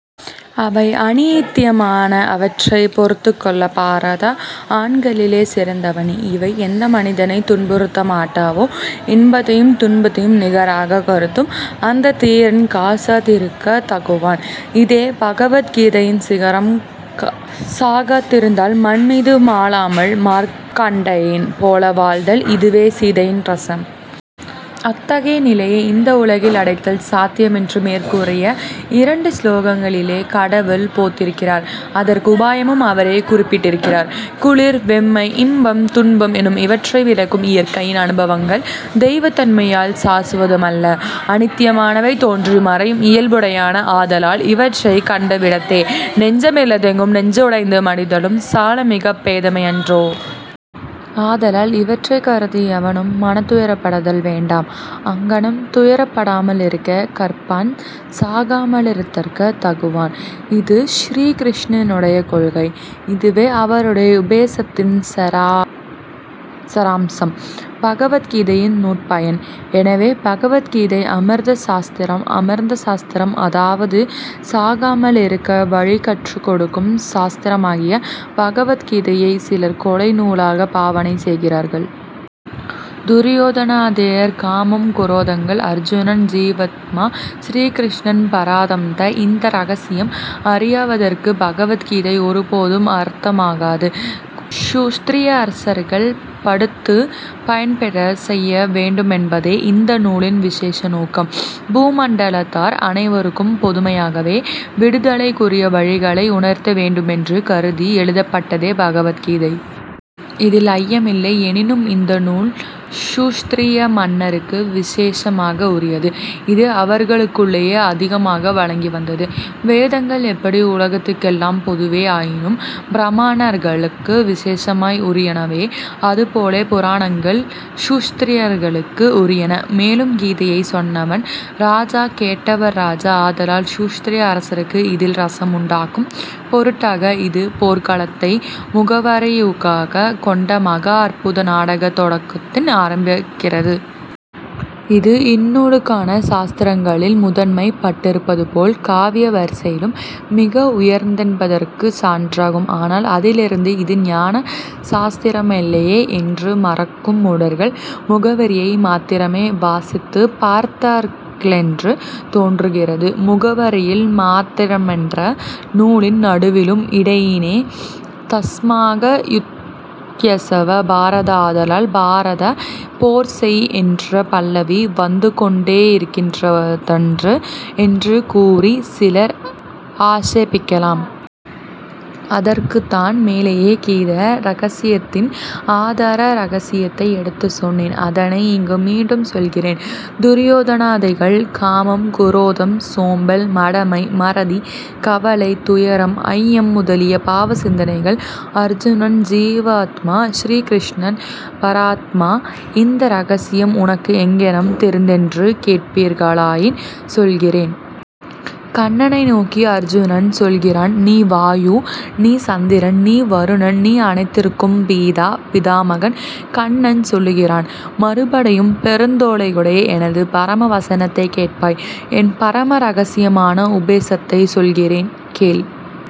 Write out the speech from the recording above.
அவை அநித்தியமாயின. அவற்றைப் பொறுத்துக் கொள், பாரதா! ஆண்களிலேயே சிறந்தவனே, இவை எந்த மனிதனைத் துன்புறுத்தமாட்டாவோ, இன்பத்தையும் துன்பத்தையும் நிகராகக் கருதும் அந்தத் தீரன் காசாதிருக்கத் தகுவான். இஃதே பகவத் கீதையின் சிகரம். சாகாதிருந்தல், மண் மீது மாளாமல் மார்க்கண்டேயன் போல் வாழ்தல், இதுவே சீதையின் ரசம். அத்தகைய நிலையை இந்த உலகில் அடைத்தல் சாத்தியமென்று மேற்கூறிய இரண்டு சுலோகங்களிலே கடவுள் போத்திருக்கிறார். அதற்கு உபாயமும் அவரே குறிப்பிட்டிருக்கிறார். குளிர் வெம்மை, இன்பம் துன்பம் எனும் இவற்றை விளக்கும் இயற்கையின் அனுபவங்கள், தெய்வ தன்மையால் சாசுவதுமல்ல. அநித்தியமானவை. தோன்றி மறையும் இயல்புடையன. ஆதலால் இவற்றைக் கண்டவிடத்தே நெஞ்சமிளகுதலும் நெஞ்சுடைந்து மடிதலும் சால மிகப் பேதமையன்றோ? ஆதலால் இவற்றைக் கருதி எவனும் மனத்துயரப்படுதல் வேண்டா. அங்ஙனம் துயரப்படாமலிருக்கக் கற்பான் சாகாமலிருக்கத் தகுவான். இஃது ஸ்ரீ கிருஷ்ணனுடைய கோகை. இதுவே அவருடைய உபதேசத்தின் சராம்சம். பகவத் கீதையின் நுற்பயன். எனவே பகவத் கீதை அமிர்த சாஸ்திரம். அமர்ந்த சாஸ்திரம், அதாவது சாகாமலிருக்க வழி கற்றுக் கொடுக்கும் சாஸ்திரமாகிய பகவத் கீதையைச் சிலர் கொலை நூலாகப் பாவனை செய்கிறார்கள். துரியோதனாதியர் காமக் குரோதங்கள். அர்ஜுனன் ஜீவாத்மா. ஸ்ரீ கிருஷ்ணன் பரமாத்மா. இந்த ரகசியம் அறியாதவருக்குப் பகவத் கீதை ஒருபோதும் அர்த்தமாகாது. க்ஷத்திரிய அரசர்கள் படித்துப் பயன்பெறச் செய்ய வேண்டுமென்பதே இந்த நூலின் விசேஷ நோக்கம். பூமண்டலத்தார் அனைவருக்கும் பொதுமையாகவே விடுதலைக்குரிய வழிகளை உணர்த்த வேண்டுமென்று கருதி எழுதப்பட்டதே பகவத் கீதை. இதில் ஐயமில்லை. எனினும், இந்த நூல் க்ஷத்திரிய மன்னருக்கு விசேஷமாக உரியது. இது அவர்களுக்குள்ளேயே அதிகமாக வழங்கி வந்தது. வேதங்கள் எப்படி உலகத்துக்கெல்லாம் பொதுவே ஆயினும் பிரமாணர்களுக்கு விசேஷமாக உரியனவே, அதுபோலே புராணங்கள் க்ஷத்திரியர்களுக்கு உரியன. மேலும் கீதையைச் சொன்னவன் ராஜா, கேட்டவன் ராஜா. ஆதலால் க்ஷத்திரிய அரசருக்கு இதில் ரசம் உண்டாகும் பொருட்டாக இது போர்க்களத்தை முகவுரையாகக் கொண்ட மகா அற்புத நாடகத் தொடக்கத்தின் ஆரம்பிக்கிறது. இஃது, இந்நூல் ஞான சாஸ்திரங்களில் முதன்மைப் பட்டிருப்பதுபோல், காவிய வரிசையிலும் மிக உயர்ந்ததென்பதற்குச் சான்றாகும். ஆனால், அதிலிருந்து இது ஞான சாஸ்திரமேயில்லை என்று மறுக்கும் மூடர்கள், முகவுரையை மாத்திரமே வாசித்துப் பார்த்தார்களென்று தோன்றுகிறது. முகவுரையில் மாத்திரமன்றே? நூலில், நடுவிலும் இடையிடையே, தஸ்மாத் யுத்யஸ்வ பாரத, ஆதலால், பாரதா, போர் செய் என்ற பல்லவி வந்துகொண்டேயிருக்கின்றதன்றோ என்று கூறிச் சிலர் ஆக்ஷேபிக்கலாம். அதற்குத்தான் மேலேயே கீதா ரகசியத்தின் ஆதார ரகசியத்தை எடுத்துச் சொன்னேன். அதனை, இங்கு மீண்டும் சொல்கிறேன். துரியோதனாதிகள் காமம், குரோதம், சோம்பல், மடமை, மறதி, கவலை, துயரம், ஐயம் முதலிய பாவ சிந்தனைகள். அர்ஜுனன் ஜீவாத்மா. ஸ்ரீ கிருஷ்ணன் பரமாத்மா. இந்த ரகசியம் உனக்கு எங்ஙனம் தெரிந்தென்று கேட்பீர்களாயின், சொல்கிறேன். கண்ணனை நோக்கி அர்ஜுனன் சொல்கிறான், நீ வாயு, நீ சந்திரன், நீ வருணன், நீ அனைத்திற்கும் பிதா, பிதாமகன். கண்ணன் சொல்லுகிறான், மறுபடியும், பெருந்தோளுடையாய், எனது பரம வசனத்தைக் கேட்பாய். என் பரம ரகசியமான உபசத்தைச் சொல்கிறேன், கேள்.